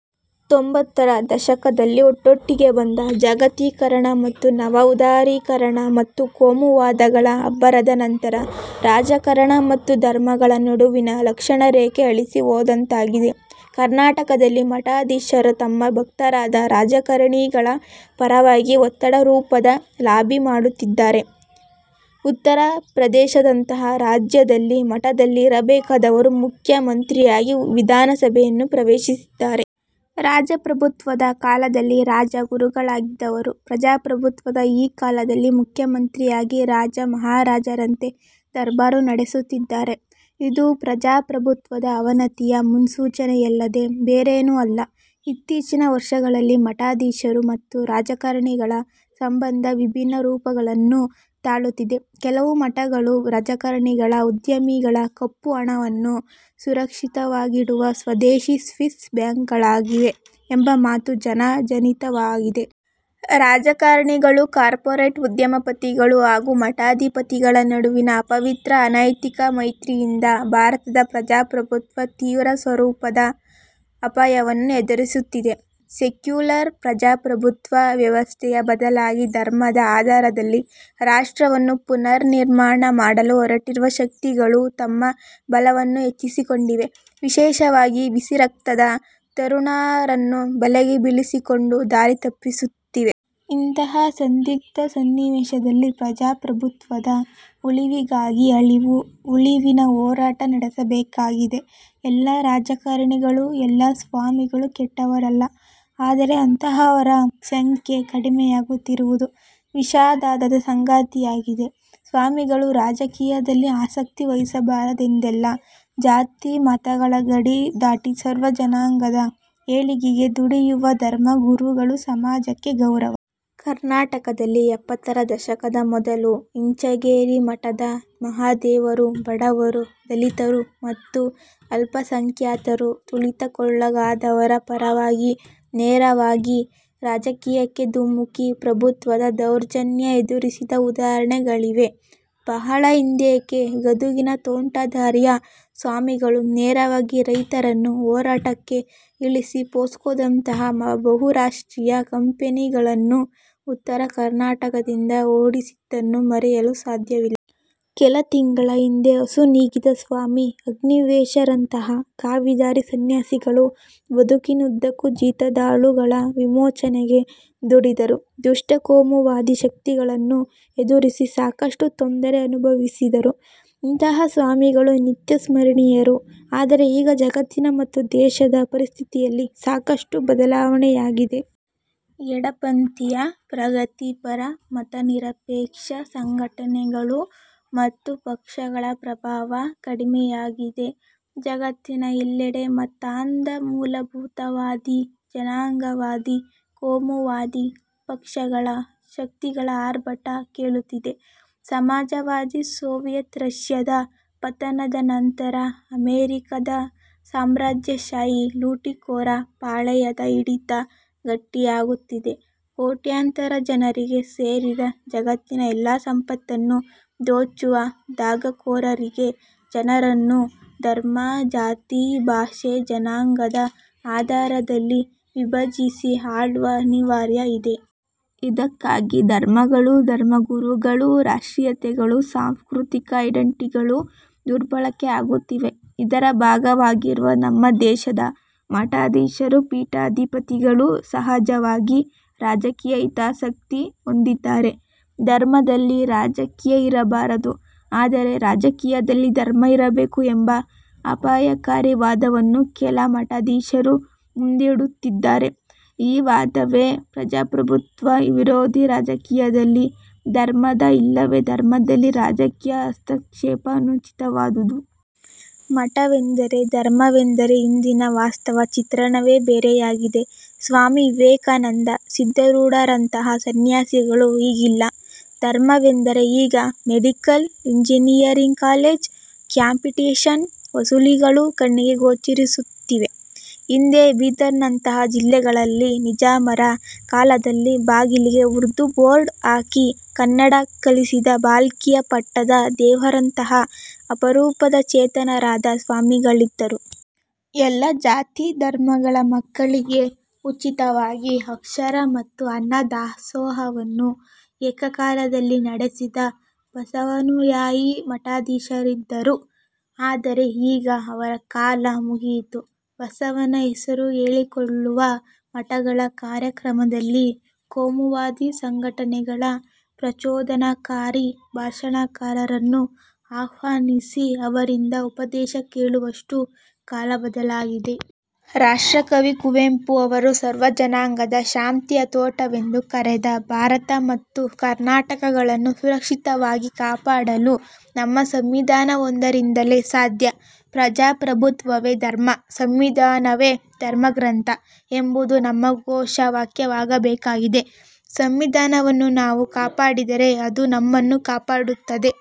ತೊಂಬತ್ತರ ದಶಕದಲ್ಲಿ ಒಟ್ಟೊಟ್ಟಿಗೆ ಬಂದ ಜಾಗತೀಕರಣ ಮತ್ತು ನವ ಉದಾರೀಕರಣ ಮತ್ತು ಕೋಮುವಾದಗಳ ಅಬ್ಬರದ ನಂತರ ರಾಜಕಾರಣ ಮತ್ತು ಧರ್ಮಗಳ ನಡುವಿನ ಲಕ್ಷ್ಮಣ ರೇಖೆ ಅಳಿಸಿ ಹೋದಂತಾಗಿದೆ. ಕರ್ನಾಟಕದಲ್ಲಿ ಮಠಾಧೀಶರು ತಮ್ಮ ಭಕ್ತರಾದ ರಾಜಕಾರಣಿಗಳ ಪರವಾಗಿ ಒತ್ತಡ ರೂಪದ ಲಾಬಿ ಮಾಡುತ್ತಿದ್ದರೆ, ಉತ್ತರ ಪ್ರದೇಶದಂತಹ ರಾಜ್ಯದಲ್ಲಿ ಮಠದಲ್ಲಿ ಇರಬೇಕಾದವರು ಮುಖ್ಯ ಮಂತ್ರಿಯಾಗಿ ವಿಧಾನಸಭೆಯನ್ನು ಪ್ರವೇಶಿಸಿದ್ದಾರೆ. ರಾಜಪ್ರಭುತ್ವದ ಕಾಲದಲ್ಲಿ ರಾಜ ಗುರುಗಳಾಗಿದ್ದವರು ಪ್ರಜಾಪ್ರಭುತ್ವದ ಈ ಕಾಲದಲ್ಲಿ ಮುಖ್ಯ ಮಂತ್ರಿಯಾಗಿ ರಾಜ, ಮಹಾರಾಜರಂತೆ ದರ್ಬಾರು ನಡೆಸುತ್ತಿದ್ದಾರೆ. ಇದು ಪ್ರಜಾಪ್ರಭುತ್ವದ ಅವನತಿಯ ಮುನ್ಸೂಚನೆಯಲ್ಲದೆ ಬೇರೇನೂ ಅಲ್ಲ. ಇತ್ತೀಚಿನ ವರ್ಷಗಳಲ್ಲಿ ಮಠಾಧೀಶರು ಮತ್ತು ರಾಜಕಾರಣಿಗಳ ಸಂಬಂಧ ವಿಭಿನ್ನ ರೂಪಗಳನ್ನು ತಾಳುತ್ತಿದೆ. ಕೆಲವು ಮಠಗಳು ರಾಜಕಾರಣಿಗಳ ಉದ್ಯಮಿಗಳ ಕಪ್ಪುಹಣವನ್ನು ಸುರಕ್ಷಿತವಾಗಿಡುವ ಸ್ವದೇಶಿ ಸ್ವಿಸ್ ಬ್ಯಾಂಕುಗಳಾಗಿವೆ ಎಂಬ ಮಾತು ಜನ ಜನಿತವಾಗಿದೆ. ರಾಜಕಾರಣಿಗಳು, ಕಾರ್ಪೊರೇಟ್ ಉದ್ಯಮಪತಿಗಳು ಹಾಗೂ ಮಠಾಧಿಪತಿಗಳ ನಡುವಿನ ಅಪವಿತ್ರ, ಅನೈತಿಕ ಮೈತ್ರಿಯಿಂದ ಭಾರತದ ಪ್ರಜಾಪ್ರಭುತ್ವ ತೀವ್ರ ಸ್ವರೂಪದ ಅಪಾಯವನ್ನು ಎದುರಿಸುತ್ತಿದೆ. ಸೆಕ್ಯುಲರ್ ಪ್ರಜಾಪ್ರಭುತ್ವ ವ್ಯವಸ್ಥೆಯ ಬದಲಾಗಿ ಧರ್ಮದ ಆಧಾರದಲ್ಲಿ ರಾಷ್ಟ್ರವನ್ನು ಪುನರ್ನಿರ್ಮಾಣ ಮಾಡಲು ಹೊರಟಿರುವ ಶಕ್ತಿಗಳು ತಮ್ಮ ಬಲವನ್ನು ಹೆಚ್ಚಿಸಿಕೊಂಡಿವೆ. ವಿಶೇಷವಾಗಿ ಬಿಸಿರಕ್ತದ ತರುಣರನ್ನು ಬಲೆಗೆ ಬೀಳಿಸಿಕೊಂಡು ದಾರಿ ತಪ್ಪಿಸುತ್ತಿವೆ. ಇಂತಹ ಸಂದಿಗ್ಧ ಸನ್ನಿವೇಶದಲ್ಲಿ ಪ್ರಜಾಪ್ರಭುತ್ವದ ಉಳಿವಿಗಾಗಿ ಅಳಿವು ಉಳಿವಿನ ಹೋರಾಟ ನಡೆಸಬೇಕಾಗಿದೆ. ಎಲ್ಲ ರಾಜಕಾರಣಿಗಳು, ಎಲ್ಲ ಸ್ವಾಮಿಗಳು ಕೆಟ್ಟವರಲ್ಲ, ಆದರೆ ಅಂತಹವರ ಸಂಖ್ಯೆ ಕಡಿಮೆಯಾಗುತ್ತಿರುವುದು ವಿಷಾದದ ಸಂಗತಿಯಾಗಿದೆ. ಸ್ವಾಮಿಗಳು ರಾಜಕೀಯದಲ್ಲಿ ಆಸಕ್ತಿ ವಹಿಸಬಾರದೆಂದಲ್ಲ. ಜಾತಿ ಮತಗಳ ಗಡಿ ದಾಟಿ ಸರ್ವ ಜನಾಂಗದ ಏಳಿಗೆಗೆ ದುಡಿಯುವ ಧರ್ಮ ಗುರುಗಳು ಸಮಾಜಕ್ಕೆ ಗೌರವ. ಕರ್ನಾಟಕದಲ್ಲಿ ಎಪ್ಪತ್ತರ ದಶಕದ ಮೊದಲು ಇಂಚಗೇರಿ ಮಠದ ಮಹಾದೇವರು ಬಡವರು, ದಲಿತರು ಮತ್ತು ಅಲ್ಪಸಂಖ್ಯಾತರು, ತುಳಿತಕ್ಕೊಳಗಾದವರ ಪರವಾಗಿ ನೇರವಾಗಿ ರಾಜಕೀಯಕ್ಕೆ ಧುಮುಕಿ ಪ್ರಭುತ್ವದ ದೌರ್ಜನ್ಯ ಎದುರಿಸಿದ ಉದಾಹರಣೆಗಳಿವೆ. ಬಹಳ ಹಿಂದೇಕೆ ಗದುಗಿನ ತೋಂಟದಾರ್ಯ ಸ್ವಾಮಿಗಳು ನೇರವಾಗಿ ರೈತರನ್ನು ಹೋರಾಟಕ್ಕೆ ಇಳಿಸಿ ಪೊಸ್ಕೊದಂತಹ ಬಹುರಾಷ್ಟ್ರೀಯ ಕಂಪೆನಿಗಳನ್ನು ಉತ್ತರ ಕರ್ನಾಟಕದಿಂದ ಓಡಿಸಿದ್ದನ್ನು ಮರೆಯಲು ಸಾಧ್ಯವಿಲ್ಲ. ಕೆಲ ತಿಂಗಳ ಹಿಂದೆ ಅಸು ನೀಗಿದ ಸ್ವಾಮಿ ಅಗ್ನಿವೇಶರಂತಹ ಕಾವಿ ಧಾರಿ ಸನ್ಯಾಸಿಗಳು ಬದುಕಿನುದ್ದಕ್ಕೂ ಜೀತದಾಳುಗಳ ವಿಮೋಚನೆಗೆ ದುಡಿದರು. ದುಷ್ಟ ಕೋಮುವಾದಿ ಶಕ್ತಿಗಳನ್ನು ಎದುರಿಸಿ ಸಾಕಷ್ಟು ತೊಂದರೆ ಅನುಭವಿಸಿದರು. ಇಂತಹ ಸ್ವಾಮಿಗಳು ನಿತ್ಯ ಸ್ಮರಣೀಯರು. ಆದರೆ ಈಗ ಜಗತ್ತಿನ ಮತ್ತು ದೇಶದ ಪರಿಸ್ಥಿತಿಯಲ್ಲಿ ಸಾಕಷ್ಟು ಬದಲಾವಣೆಯಾಗಿದೆ. ಎಡಪಂಥೀಯ ಪ್ರಗತಿಪರ, ಮತ ನಿರಪೇಕ್ಷ ಸಂಘಟನೆಗಳು ಮತ್ತು ಪಕ್ಷಗಳ ಪ್ರಭಾವ ಕಡಿಮೆಯಾಗಿದೆ. ಜಗತ್ತಿನ ಎಲ್ಲೆಡೆ ಮತಾಂಧ ಮೂಲಭೂತವಾದಿ, ಜನಾಂಗವಾದಿ, ಕೋಮುವಾದಿ ಪಕ್ಷಗಳ, ಶಕ್ತಿಗಳ ಆರ್ಭಟ ಕೇಳುತ್ತಿದೆ. ಸಮಾಜವಾದಿ ಸೋವಿಯತ್ ರಶ್ಯದ ಪತನದ ನಂತರ ಅಮೆರಿಕದ ಸಾಮ್ರಾಜ್ಯಶಾಹಿ ಲೂಟಿಕೋರ ಪಾಳೆಯದ ಹಿಡಿತ ಗಟ್ಟಿಯಾಗುತ್ತಿದೆ. ಕೋಟ್ಯಂತರ ಜನರಿಗೆ ಸೇರಿದ ಜಗತ್ತಿನ ಎಲ್ಲ ಸಂಪತ್ತನ್ನು ದೋಚುವ ದಗಾಕೋರರಿಗೆ ಜನರನ್ನು ಧರ್ಮ, ಜಾತಿ, ಭಾಷೆ, ಜನಾಂಗದ ಆಧಾರದಲ್ಲಿ ವಿಭಜಿಸಿ ಆಳುವ ಅನಿವಾರ್ಯ ಇದೆ. ಇದಕ್ಕಾಗಿ ಧರ್ಮಗಳು, ಧರ್ಮಗುರುಗಳು, ರಾಷ್ಟ್ರೀಯತೆಗಳು, ಸಾಂಸ್ಕೃತಿಕ ಐಡೆಂಟಿಟಿಗಳು ದುರ್ಬಳಕೆ ಆಗುತ್ತಿವೆ. ಇದರ ಭಾಗವಾಗಿರುವ ನಮ್ಮ ದೇಶದ ಮಠಾಧೀಶರು, ಪೀಠಾಧಿಪತಿಗಳು ಸಹಜವಾಗಿ ರಾಜಕೀಯ ಹಿತಾಸಕ್ತಿ ಹೊಂದಿದ್ದಾರೆ. ಧರ್ಮದಲ್ಲಿ ರಾಜಕೀಯ ಇರಬಾರದು ಆದರೆ ರಾಜಕೀಯದಲ್ಲಿ ಧರ್ಮ ಇರಬೇಕು ಎಂಬ ಅಪಾಯಕಾರಿ ವಾದವನ್ನು ಕೆಲ ಮಠಾಧೀಶರು ಮುಂದಿಡುತ್ತಿದ್ದಾರೆ. ಈ ವಾದವೇ ಪ್ರಜಾಪ್ರಭುತ್ವ ವಿರೋಧಿ ರಾಜಕೀಯದಲ್ಲಿ ಧರ್ಮದ ಇಲ್ಲವೇ ಧರ್ಮದಲ್ಲಿ ರಾಜಕೀಯ ಹಸ್ತಕ್ಷೇಪ ಅನುಚಿತವಾದುದು. ಮಠವೆಂದರೆ, ಧರ್ಮವೆಂದರೆ ಇಂದಿನ ವಾಸ್ತವ ಚಿತ್ರಣವೇ ಬೇರೆಯಾಗಿದೆ. ಸ್ವಾಮಿ ವಿವೇಕಾನಂದ, ಸಿದ್ದಾರೂಢರಂತಹ ಸನ್ಯಾಸಿಗಳು ಈಗಿಲ್ಲ. ಧರ್ಮವೆಂದರೆ ಈಗ ಮೆಡಿಕಲ್, ಇಂಜಿನಿಯರಿಂಗ್ ಕಾಲೇಜು, ಕ್ಯಾಪಿಟೇಶನ್ ವಸೂಲಿಗಳು ಕಣ್ಣಿಗೆ ಗೋಚರಿಸುತ್ತಿವೆ. ಹಿಂದೆ ಬೀದರ್ನಂತಹ ಜಿಲ್ಲೆಗಳಲ್ಲಿ ನಿಜಾಮರ ಕಾಲದಲ್ಲಿ ಬಾಗಿಲಿಗೆ ಉರ್ದು ಬೋರ್ಡ್ ಹಾಕಿ ಕನ್ನಡ ಕಲಿಸಿದ ಬಾಲ್ಕಿಯ ಪಟ್ಟದ ದೇವರಂತಹ ಅಪರೂಪದ ಚೇತನರಾದ ಸ್ವಾಮಿಗಳಿದ್ದರು. ಎಲ್ಲ ಜಾತಿ, ಧರ್ಮಗಳ ಮಕ್ಕಳಿಗೆ ಉಚಿತವಾಗಿ ಅಕ್ಷರ ಮತ್ತು ಅನ್ನ ದಾಸೋಹವನ್ನು ಏಕಕಾಲದಲ್ಲಿ ನಡೆಸಿದ ಬಸವಾನುಯಾಯಿ ಮಠಾಧೀಶರಿದ್ದರು. ಆದರೆ ಈಗ ಅವರ ಕಾಲ ಮುಗಿಯಿತು. ಬಸವನ ಹೆಸರು ಹೇಳಿಕೊಳ್ಳುವ ಮಠಗಳ ಕಾರ್ಯಕ್ರಮದಲ್ಲಿ ಕೋಮುವಾದಿ ಸಂಘಟನೆಗಳ ಪ್ರಚೋದನಕಾರಿ ಭಾಷಣಕಾರರನ್ನು ಆಹ್ವಾನಿಸಿ ಅವರಿಂದ ಉಪದೇಶ ಕೇಳುವಷ್ಟು ಕಾಲ ಬದಲಾಗಿದೆ. ರಾಷ್ಟ್ರ ಕವಿ ಕುವೆಂಪು ಅವರು ಸರ್ವಜನಾಂಗದ ಶಾಂತಿಯ ತೋಟವೆಂದು ಕರೆದ ಭಾರತ ಮತ್ತು ಕರ್ನಾಟಕಗಳನ್ನು ಸುರಕ್ಷಿತವಾಗಿ ಕಾಪಾಡಲು ನಮ್ಮ ಸಂವಿಧಾನವೊಂದರಿಂದಲೇ ಸಾಧ್ಯ. 'ಪ್ರಜಾಪ್ರಭುತ್ವವೇ ಧರ್ಮ, ಸಂವಿಧಾನವೇ ಧರ್ಮಗ್ರಂಥ' ಎಂಬುದು ನಮ್ಮ ಘೋಷ ವಾಕ್ಯವಾಗಬೇಕಾಗಿದೆ. ಸಂವಿಧಾನವನ್ನು ನಾವು ಕಾಪಾಡಿದರೆ ಅದು ನಮ್ಮನ್ನು ಕಾಪಾಡುತ್ತದೆ.